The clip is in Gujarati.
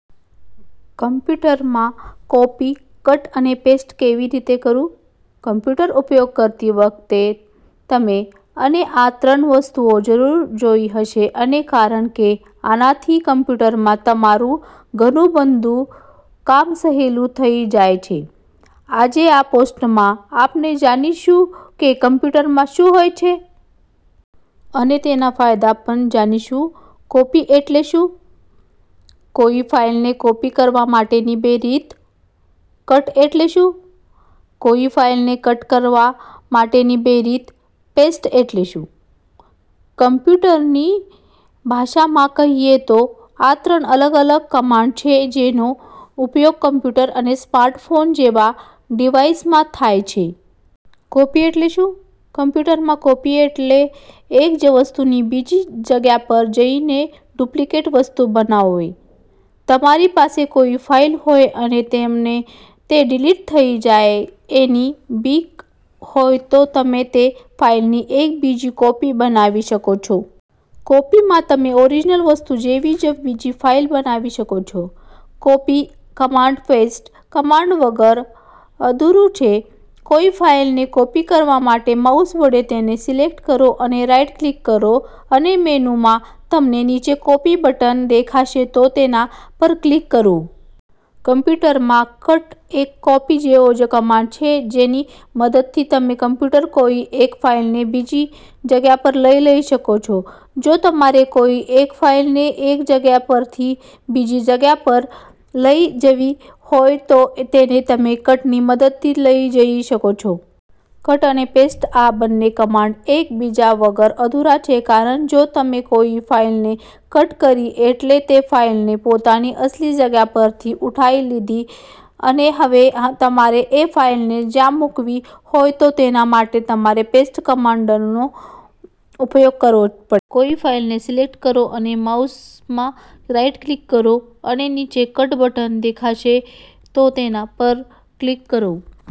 કમ્પ્યુટરમાં કોપી, કટ અને પેસ્ટ કેવી રીતે કરવું? કમ્પ્યુટર ઉપયોગ કરતી વખતે તમે, અને આ ત્રણ વસ્તુઓ જરૂર જોઈ હશે અને કારણ કે આનાથી કમ્પ્યુટરમાં તમારું ઘણું-બધુ કામ સહેલું થઈ જાય છે. આજે આ પોસ્ટમાં આપણે જાણીશું કે કમ્પ્યુટરમાં શું હોય છે? અને તેના ફાયદા પણ જાણીશું. કોપી એટલે શું? કોઈ ફાઇલને કોપી કરવા માટેની બે રીત.કટ એટલે શું? કોઈ ફાઇલને કટ કરવા માટેની બે રીત. પેસ્ટ એટલે શું? કમ્પ્યુટરની ભાષામાં કહીએ તો આ ત્રણ અલગ-અલગ કમાન્ડ છે જેનો ઉપયોગ કમ્પ્યુટર અને સ્માર્ટફોન જેવા ડિવાઇસમાં થાય છે. કોપી એટલે શું? કમ્પ્યુટરમાં કોપી એટલે એક જ વસ્તુની બીજી જગ્યા પર જઈને ડુપ્લિકેટ વસ્તુ બનાવવી. તમારી પાસે કોઈ ફાઇલ હોય અને તમને તે ડિલીટ થઈ જાય એની બીક હોય તો તમે તે ફાઇલની એક બીજી કોપી બનાવી શકો છો. કોપીમાં તમે ઓરિજનલ વસ્તુ જેવી જ બીજી ફાઇલ બનાવી શકો છો. "કોપી" કમાન્ડ "પેસ્ટ" કમાન્ડ વગર અધૂરું છે. કોઈ ફાઇલને કોપી કરવા માટે માઉસ વડે તેને સિલેક્ટ કરો અને રાઇટ ક્લિક કરો અને મેનૂમાં તમને નીચે કોપી બટન દેખાશે તો તેના પર ક્લિક કરવું. કમ્પ્યુટરમાં કટ એક કોપી જેવો જ કમાન્ડ છે જેની મદદથી તમે કમ્પ્યુટર કોઈ એક ફાઇલને બીજી જગ્યા પર લઈ જઈ શકો છો. જો તમારે કોઈ એક ફાઇલને એક જગ્યા પરથી બીજી જગ્યા પર લઈ જવી હોય તો તેને તમે કટની મદદથી લઈ જઈ શકો છો. કટ અને પેસ્ટ આ બંને કમાન્ડ એક બીજા વગર અધૂરા છે કારણ જો તમે કોઈ ફાઇલને કટ કરી એટલે તે ફાઇલને પોતાની અસલી જગ્યા પરથી ઉઠાઈ લીધી અને હવે તમારે એ ફાઇલને જ્યાં મૂકવી હોય તો તેના માટે તમારે પેસ્ટ કમાન્ડનો ઉપયોગ કરવો પડે. કોઈ ફાઇલને સિલેક્ટ કરો અને માઉસમાં રાઇટ ક્લિક કરો અને નીચે કટ બટન દેખાશે તો તેના પર ક્લિક કરવું.